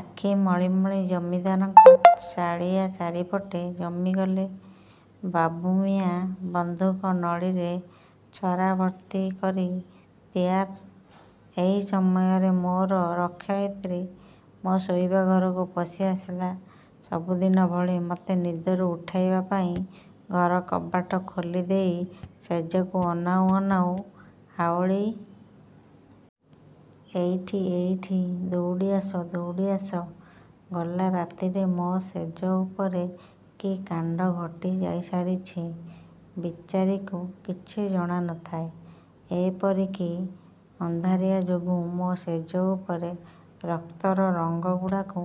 ଆଖି ମଳିମଳି ଜମିଦାରଙ୍କ ଚାଳିଆ ଚାରିପଟେ ଜମିଗଲେ। ବାବୁମିଆଁ ବନ୍ଧୁକ ନଳୀରେ ଛର୍ରା ଭର୍ତ୍ତି କରି ତିଆର୍। ଏହି ସମୟରେ ମୋର ରକ୍ଷୟିତ୍ରୀ ମୋ ଶୋଇବା ଘରକୁ ପଶି ଆସିଲା ସବୁଦିନ ଭଳି ମତେ ନିଦରୁ ଉଠେଇବା ପାଇଁ। ଘର କବାଟ ଖୋଲି ଦେଇ ଶେଯକୁ ଅନାଉ ଅନାଉ ହାଉଳି ଖାଇଲା ସେ ହେଇ ହେଇ! ଏଇଠି ଏଇଠି! ଦଉଡ଼ି ଆସ ଦଉଡ଼ି ଆସ! ଗଲା ରାତିରେ ମୋ ଶେଯ ଉପରେ କି କାଣ୍ଡ ଘଟି ଯାଇସାରିଛି ବିଚାରୀକୁ କିଛି ଜଣା ନ ଥାଏ। ଏପରିକି, ଅନ୍ଧାରିଆ ଯୋଗୁଁ ମୋ ଶେଯ ଉପରେ ରକ୍ତର ରଙ୍ଗ ଗୁଡ଼ାକୁ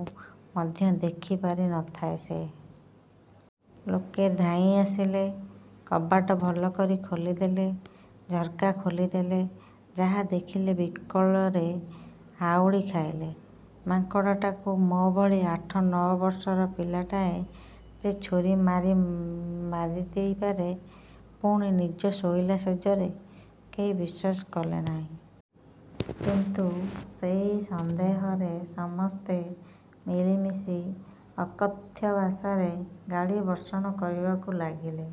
ମଧ୍ୟ ଦେଖିପାରି ନ ଥାଏ ସେ। ଲୋକେ ଧାଇଁ ଆସିଲେ। କବାଟ ଭଲ କରି ଖୋଲିଦେଲେ। ଝର୍କା ଖୋଲି ଦେଲେ। ଯାହାଦେଖିଲେ ବିକଳରେ ହାଉଳି ଖାଇଲେ। ମାଙ୍କଡ଼ଟାକୁ ମୋ ଭଳି ଆଠ ନ' ବର୍ଷର ପିଲାଟାଏ ଯେ ଛୁରୀ ମାରି ମାରିଦେଇ ପାରେ ପୁଣି ନିଜ ଶୋଇଲା ଶେଯରେ କେହି ବିଶ୍ୱାସ କଲେ ନାହିଁ। କିନ୍ତୁ ସେହି ସନ୍ଦେହରେ ସମସ୍ତେ ମିଳିମିଶି ଅକଥ୍ୟ ଭାଷାରେ ଗାଳିବର୍ଷଣ କରିବାକୁ ଲାଗିଲେ।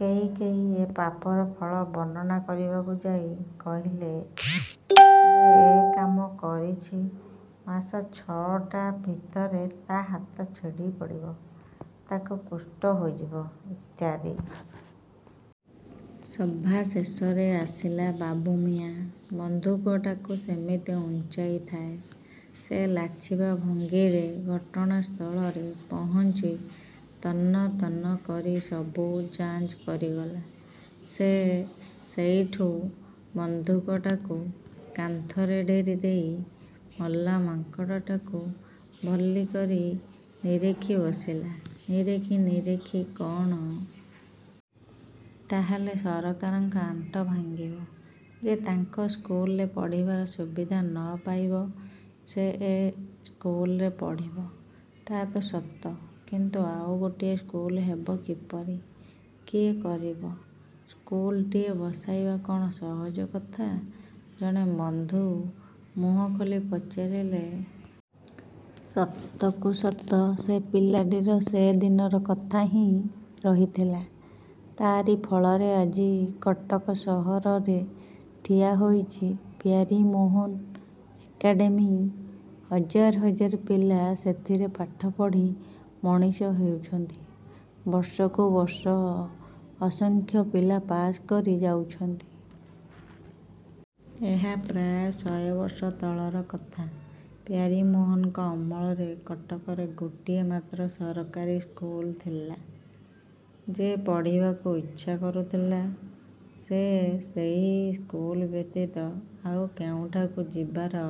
କେହି କେହି ଏ ପାପର ଫଳ ବର୍ଣ୍ଣନା କରିବାକୁ ଯାଇ କହିଲେ, ଯେ ଏ କାମ କରିଛି ମାସ ଛଅଟା ଭିତରେ ତା' ହାତ ଛିଡ଼ି ପଡ଼ିବ। ତାକୁ କୁଷ୍ଠ ହୋଇଯିବ ଇତ୍ୟାଦି। ସଭାଶେଷରେ ଆସିଲା ବାବୁମିଆଁ। ବନ୍ଧୁକଟାକୁ ସେମିତି ଉଞ୍ଚେଇଥାଏ ସେ ଲାଛିବା ଭଙ୍ଗିରେ। ଘଟଣାସ୍ଥଳରେ ପହଞ୍ଚି ତନଃ ତନଃ କରି ସବୁ ଯାଞ୍ଚ କରିଗଲା ସେ। ସେଇଠୁ ବନ୍ଧୁକଟାକୁ କାନ୍ଥରେ ଡେରି ଦେଇ ମଲା ମାଙ୍କଡ଼ଟାକୁ ଭଲି କରି ନିରେଖି ବସିଲା। ନିରେଖି ନିରେଖି କ'ଣ ଦେଖିଲା କେଜାଣି ବଡ଼ ଦୁଃଖରେ ନିଃଶ୍ୱାସଟିଏ ପକେଇଲା। ତା ହେଲେ ସରକାରଙ୍କ ଆଣ୍ଟ ଭାଙ୍ଗିବ। ଯେ ତାଙ୍କ ସ୍କୁଲରେ ପଢ଼ିବାର ସୁବିଧା ନ ପାଇବ, ସେ ଏ ସ୍କୁଲରେ ପଢ଼ିବ। " "ତା ତ ସତ; କିନ୍ତୁ ଆଉ ଗୋଟିଏ ସ୍କୁଲ ହେବ କିପରି? କିଏ କରିବ? ସ୍କୁଲଟିଏ ବସାଇବା କଅଣ ସହଜ କଥା" ଜଣେ ବନ୍ଧୁ ମୁହଁ ଖୋଲି ପଚାରିଲେ। ସତକୁ ସତ ସେ ପିଲାଟିର ସେ ଦିନର କଥା ହିଁ ରହିଥିଲା। ତାରି ଫଳରେ ଆଜି କଟକ ସହରରେ ଠିଆ ହୋଇଛି "ପ୍ୟାରୀମୋହନ ଏକାଡେମୀ" ହଜାର ହଜାର ପିଲା ସେଥିରେ ପାଠ ପଢ଼ି ମଣିଷ ହେଉଛନ୍ତି, ବର୍ଷକୁ ବର୍ଷ ଅସଂଖ୍ୟ ପିଲା ପାଶ୍ କରି ଯାଉଛନ୍ତି। ଏହା ପ୍ରାୟ ଶହେ ବର୍ଷ ତଳର କଥା। ପ୍ୟାରୀମୋହନଙ୍କ ଅମଳରେ କଟକରେ ଗୋଟିଏ ମାତ୍ର ସରକାରୀ ସ୍କୁଲ ଥିଲା। ଯେ ପଢ଼ିବାକୁ ଇଛା କରୁଥିଲା, ସେ ସେହି ସ୍କୁଲ ବ୍ୟତୀତ ଆଉ କେଉଁଠାକୁ ଯିବାର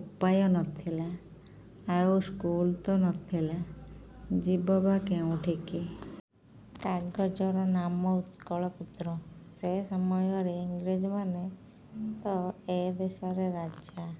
ଉପାୟ ନ ଥିଲା। ଆଉ ସ୍କୁଲ ତ ନ ଥିଲା; ଯିବ ବା କେଉଁଠିକି? କାଗଜର ନାମ "ଉତ୍କଳପୁତ୍ର"। ସେ ସମୟରେ ଇଂରେଜମାନେ ତ ଏ ଦେଶରେ ରାଜା।